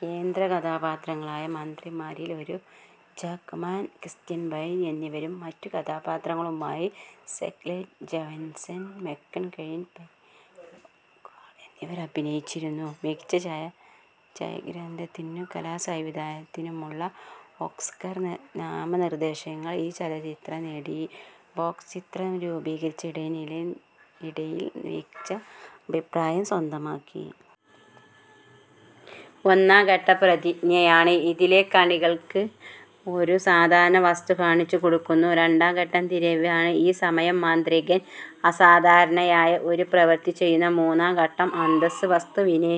കേന്ദ്രകഥാപാത്രങ്ങളായ മാന്ത്രികരായി Hugh Jackman, Christian Bale എന്നിവരും മറ്റു കഥാപാത്രങ്ങളായി Scarlett Johansson, Michael Caine, Piper Perabo, Rebecca Hall എന്നിവരും അഭിനയിച്ചിരിക്കുന്നു. മികച്ച ഛായാഗ്രഹണത്തിനും കലാസംവിധാനത്തിനുമുള്ള ഓസ്കാർ നാമനിർദ്ദേശങ്ങൾ ഈ ചലച്ചിത്രം നേടി. ബോക്സ് ഓഫീസിൽ വൻ വിജയം നേടിയ ചിത്രം നിരൂപകരുടെ ഇടയിലും മികച്ച അഭിപ്രായം സ്വന്തമാക്കി. ഒന്നാം ഘട്ടം പ്രതിജ്ഞയാണ്. ഇതിലെ കാണികൾക്ക് ഒരു സാധാരണ വസ്തു കാണിച്ചുകൊടുക്കുന്നു. രണ്ടാം ഘട്ടം തിരിവാണ്. ഈ സമയം മാന്ത്രികൻ അസാധാരണമായ ഒരു പ്രവൃത്തി ചെയ്യുന്നു. മൂന്നാം ഘട്ടമാണ് അന്തസ്സ്. വസ്തുവിനെ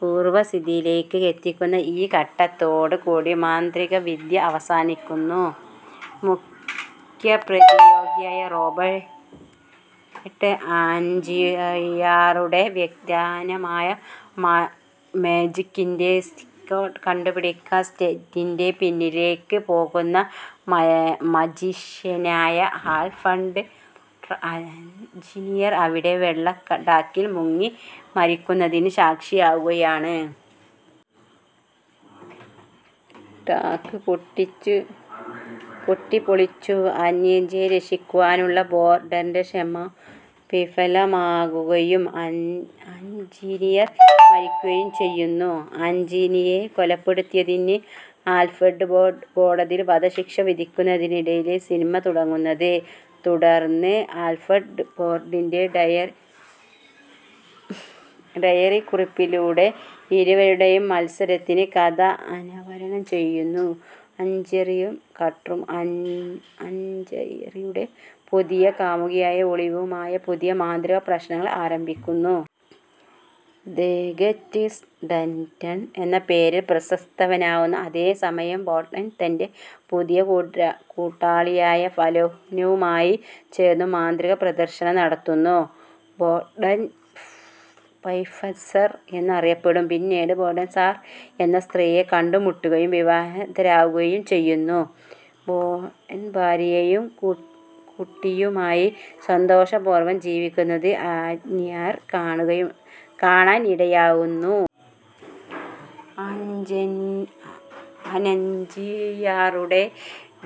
പൂർവ്വസ്ഥിതിയിലേക്ക് എത്തിക്കുന്ന ഈ ഘട്ടത്തോടു കൂടി മാന്ത്രികവിദ്യ അവസാനിക്കുന്നു. മുഖ്യപ്രതിയോഗിയായ റോബർട്ട് ആൻജിയറുടെ വിഖ്യാതമായ മാജിക്കിൻറെ സീക്ക്രട്ട് കണ്ടുപിടിക്കാൻ സ്റ്റേജിന്റെ പിന്നിലേക്ക് പോകുന്ന മജീഷ്യനായ ആൽഫ്രഡ് ബോർടൻ, ആന്ജിയർ അവിടെ വെള്ളടാങ്കിൽ മുങ്ങി മരിക്കുന്നതിനു സാക്ഷിയാവുകയാണ്. ടാങ്ക് വെട്ടിപ്പൊളിച്ചു ആന്ജിയറെ രക്ഷിക്കുവാനുള്ള ബോർടന്റെ ശ്രമം വിഫലമാവുകയും ആന്ജിയർ മരിക്കുകയും ചെയ്യുന്നു. ആൻജിയറെ കൊലപ്പെടുത്തിയതിന് ആൽഫ്രഡ് ബോർടന് കോടതി വധശിക്ഷ വിധിക്കുന്നിടത്താണ് സിനിമ തുടങ്ങുന്നത്. തുടർന്ന് ആൽഫ്രഡ് ബോർടന്റെ ഡയറിക്കുറിപ്പുകളിലൂടെ ഇരുവരുടെയും മാത്സര്യത്തിന്റെ കഥ അനാവരണം ചെയ്യുന്നു. ആഞ്ജിയറും കട്ടറും ആഞ്ജിയറുടെ പുതിയ കാമുകിയായ ഒളീവിയയുമായി പുതിയ മാന്ത്രിക പ്രദർശനങ്ങൾ ആരംഭിക്കുന്നു. ദ ഗ്രേറ്റ് ഡാന്റൺ എന്ന പേരിൽ പ്രശസ്തനാവുന്നു. അതേ സമയം ബോഡൻ തന്റെ പുതിയ കൂട്ടാളിയായ ഫാലനുമായി ചേർന്നും മാന്ത്രിക പ്രദർശനം നടത്തുന്നു. ബോഡൻ പ്രൊഫസർ എന്നറിയപ്പെടുന്നു. പിന്നീട് ബോഡൻ സാറ എന്ന സ്ത്രീയെ കണ്ടുമുട്ടുകയും വിവാഹിതരാവുകയും ചെയ്യുന്നു. ബോഡൻ ഭാര്യയും കുട്ടിയുമായി സന്തോഷപൂർവ്വം ജീവിക്കുന്നത് ആഞ്ജിയർ കാണാനിടയാവുന്നു. ആഞ്ജിയറുടെ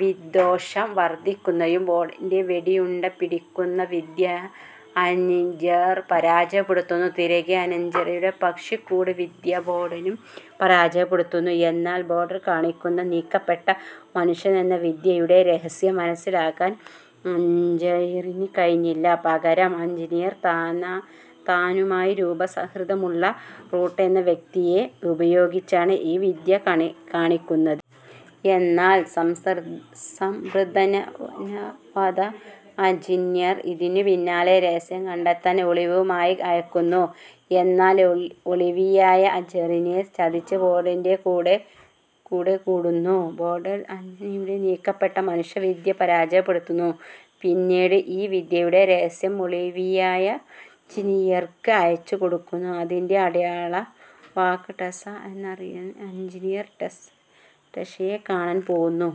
വിദ്വേഷം വർദ്ധിക്കുന്നു. ബോഡന്റെ വെടിയുണ്ട പിടിക്കുന്ന വിദ്യ ആഞ്ജിയർ പരാജയപ്പെടുത്തുന്നു. തിരികെ ആഞ്ജിയറുടെ പക്ഷിക്കൂട് വിദ്യ ബോഡനും പരാജയപ്പെടുത്തുന്നു. എന്നാൽ ബോഡൻ കാണിക്കുന്ന നീക്കപ്പെട്ട മനുഷ്യൻ എന്ന വിദ്യയുടെ രഹസ്യം മനസ്സിലാക്കാൻ ആഞ്ജിയറിന് കഴിഞ്ഞില്ല. പകരം ആഞ്ജിയർ താനുമായി രൂപസാദൃശ്യമുള്ള റൂട്ടെ എന്ന വ്യക്തിയെ ഉപയോഗിച്ച് ഈ വിദ്യ കാണിക്കുന്നു. എന്നാൽ സംതൃപ്തനാവാത്ത ആഞ്ജിയർ ഇതിനു പിന്നിലെ രഹസ്യം കണ്ടെത്താൻ ഒളീവിയയെ അയക്കുന്നു. എന്നാൽ ഒളീവിയ ആഞ്ജിയറെ ചതിച്ച് ബോഡന്റെ കൂടെക്കൂടുന്നു. ബോഡൻ ആഞ്ജിയറുടെ നീക്കപ്പെട്ട മനുഷ്യൻ വിദ്യ പരാജയപ്പെടുത്തുന്നു. പിന്നീട് ഈ വിദ്യയുടെ രഹസ്യം ഒളീവിയ ആഞ്ജിയർക്ക് അയച്ചു കൊടുക്കുന്നു. അതിന്റെ അടയാളവാക്ക് ടെസ്ല ആണെന്നറിയുന്ന ആഞ്ജിയർ ടെസ്ലയെ കാണാൻ പോവുന്നു.